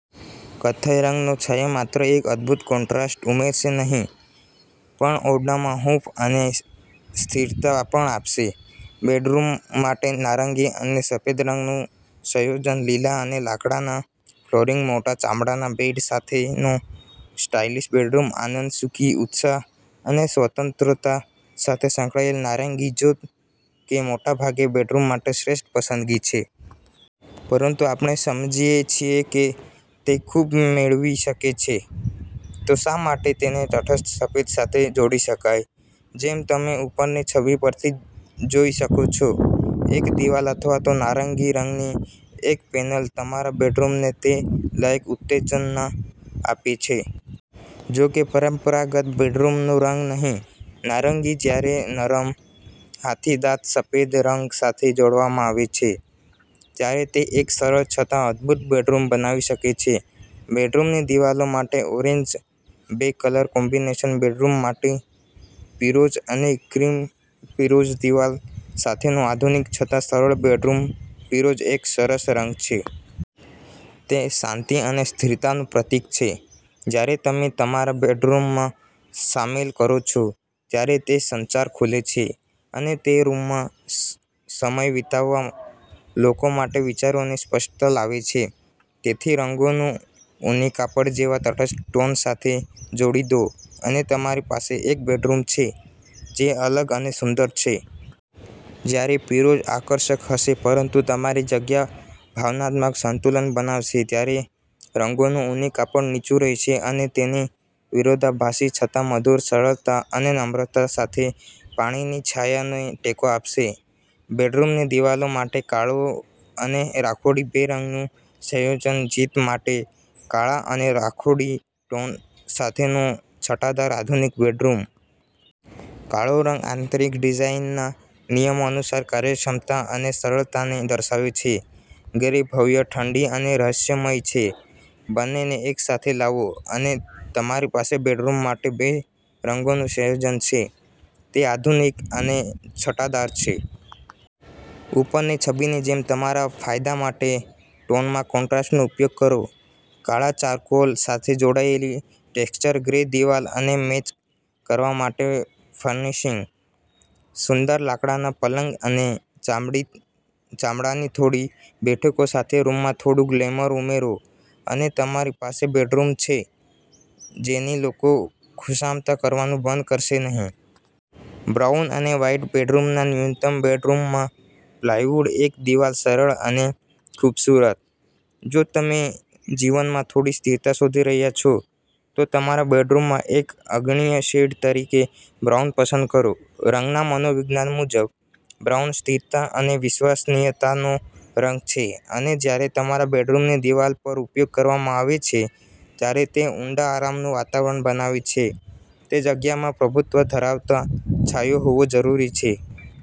કથ્થઈ રંગનો છાંયો માત્ર એક અદ્ભુત કોન્ટ્રાસ્ટ ઉમેરશે નહીં પણ ઓરડામાં હૂંફ અને સ્થિરતા પણ આપશે. બેડરૂમ માટે નારંગી અને સફેદ રંગનું સંયોજન લીલા અને લાકડાના ફ્લોરિંગમાં મોટા ચામડાના બેડ સાથેનો સ્ટાઇલિશ બેડરૂમ આનંદ, ખુશી, ઉત્સાહ અને સ્વતંત્રતા સાથે સંકળાયેલ નારંગી, જો કે મોટેભાગે, બેડરૂમ માટે શ્રેષ્ઠ પસંદગી છે. પરંતુ આપણે સમજીએ છીએ કે તે ખૂબ મેળવી શકે છે, તો શા માટે તેને તટસ્થ સફેદ સાથે જોડી શકાય? જેમ તમે ઉપરની છબી પરથી જોઈ શકો છો, એક દીવાલ અથવા તો નારંગી રંગની એક પેનલ તમારા બેડરૂમને તે લાયક ઉત્તેજના આપે છે. જો કે, પરંપરાગત બેડરૂમનો રંગ નહીં, નારંગી, જ્યારે નરમ, હાથીદાંતના સફેદ રંગ સાથે જોડવામાં આવે છે, ત્યારે તે એક સરળ છતાં અદભૂત બેડરૂમ બનાવી શકે છે. બેડરૂમની દિવાલો માટે ઓરેન્જ બે કલર કોમ્બિનેશન બેડરૂમ માટે પીરોજ અને ક્રીમ પીરોજ દિવાલ સાથેનો આધુનિક છતાં સરળ બેડરૂમ પીરોજ એક સરસ રંગ છે. તે શાંતિ અને સ્થિરતાનું પ્રતીક છે. જ્યારે તમે તેને તમારા બેડરૂમમાં સામેલ કરો છો, ત્યારે તે સંચાર ખોલે છે અને તે રૂમમાં સમય વિતાવતા લોકો માટે વિચારોની સ્પષ્ટતા લાવે છે. તેને રંગેલું ઊની કાપડ જેવા તટસ્થ ટોન સાથે જોડી દો, અને તમારી પાસે એક બેડરૂમ છે જે અલગ અને સુંદર છે. જ્યારે પીરોજ આકર્ષક હશે પરંતુ તમારી જગ્યામાં ભાવનાત્મક સંતુલન બનાવશે, ત્યારે રંગેલું ઊની કાપડ નીચું રહેશે અને તેની વિરોધાભાસી છતાં મધુર સરળતા અને નમ્રતા સાથે પાણીની છાયાને ટેકો આપશે. બેડરૂમની દિવાલો માટે કાળો અને રાખોડી બે રંગનું સંયોજન જીત માટે કાળા અને રાખોડી ટોન સાથેનો છટાદાર આધુનિક બેડરૂમ! કાળો રંગ આંતરિક ડિઝાઇનના નિયમો અનુસાર કાર્યક્ષમતા અને સરળતાને દર્શાવે છે. ગ્રે ભવ્ય, ઠંડી અને રહસ્યમય છે. બંનેને એકસાથે લાવો, અને તમારી પાસે બેડરૂમ માટે બે રંગનું સંયોજન છે, તે અત્યાધુનિક અને છટાદાર છે. ઉપરની છબીની જેમ તમારા ફાયદા માટે ટોનમાં કોન્ટ્રાસ્ટનો ઉપયોગ કરો. કાળા ચારકોલ સાથે જોડાયેલી ટેક્ષ્ચર ગ્રે દિવાલ અને મેચ કરવા માટે ફર્નિશિંગ. સુંદર લાકડાના પલંગ અને ચામડાની થોડી બેઠકો સાથે રૂમમાં થોડું ગ્લેમર ઉમેરો, અને તમારી પાસે બેડરૂમ છે, જેની લોકો ખુશામત કરવાનું બંધ કરશે નહીં. બ્રાઉન અને વ્હાઇટ બેડરૂમ ન્યૂનતમ બેડરૂમમાં પ્લાયવુડમાં એક દિવાલ સરળ અને ખૂબસૂરત. જો તમે જીવનમાં થોડી સ્થિરતા શોધી રહ્યા છો, તો તમારા બેડરૂમમાં એક અગ્રણી શેડ તરીકે બ્રાઉન પસંદ કરો. રંગના મનોવિજ્ઞાન મુજબ, બ્રાઉન સ્થિરતા અને વિશ્વસનીયતાનો રંગ છે, અને જ્યારે તમારા બેડરૂમની દિવાલો પર ઉપયોગ કરવામાં આવે છે, ત્યારે તે ઊંડા આરામનું વાતાવરણ બનાવે છે. તે જગ્યામાં પ્રભુત્વ ધરાવતો છાંયો હોવો જરૂરી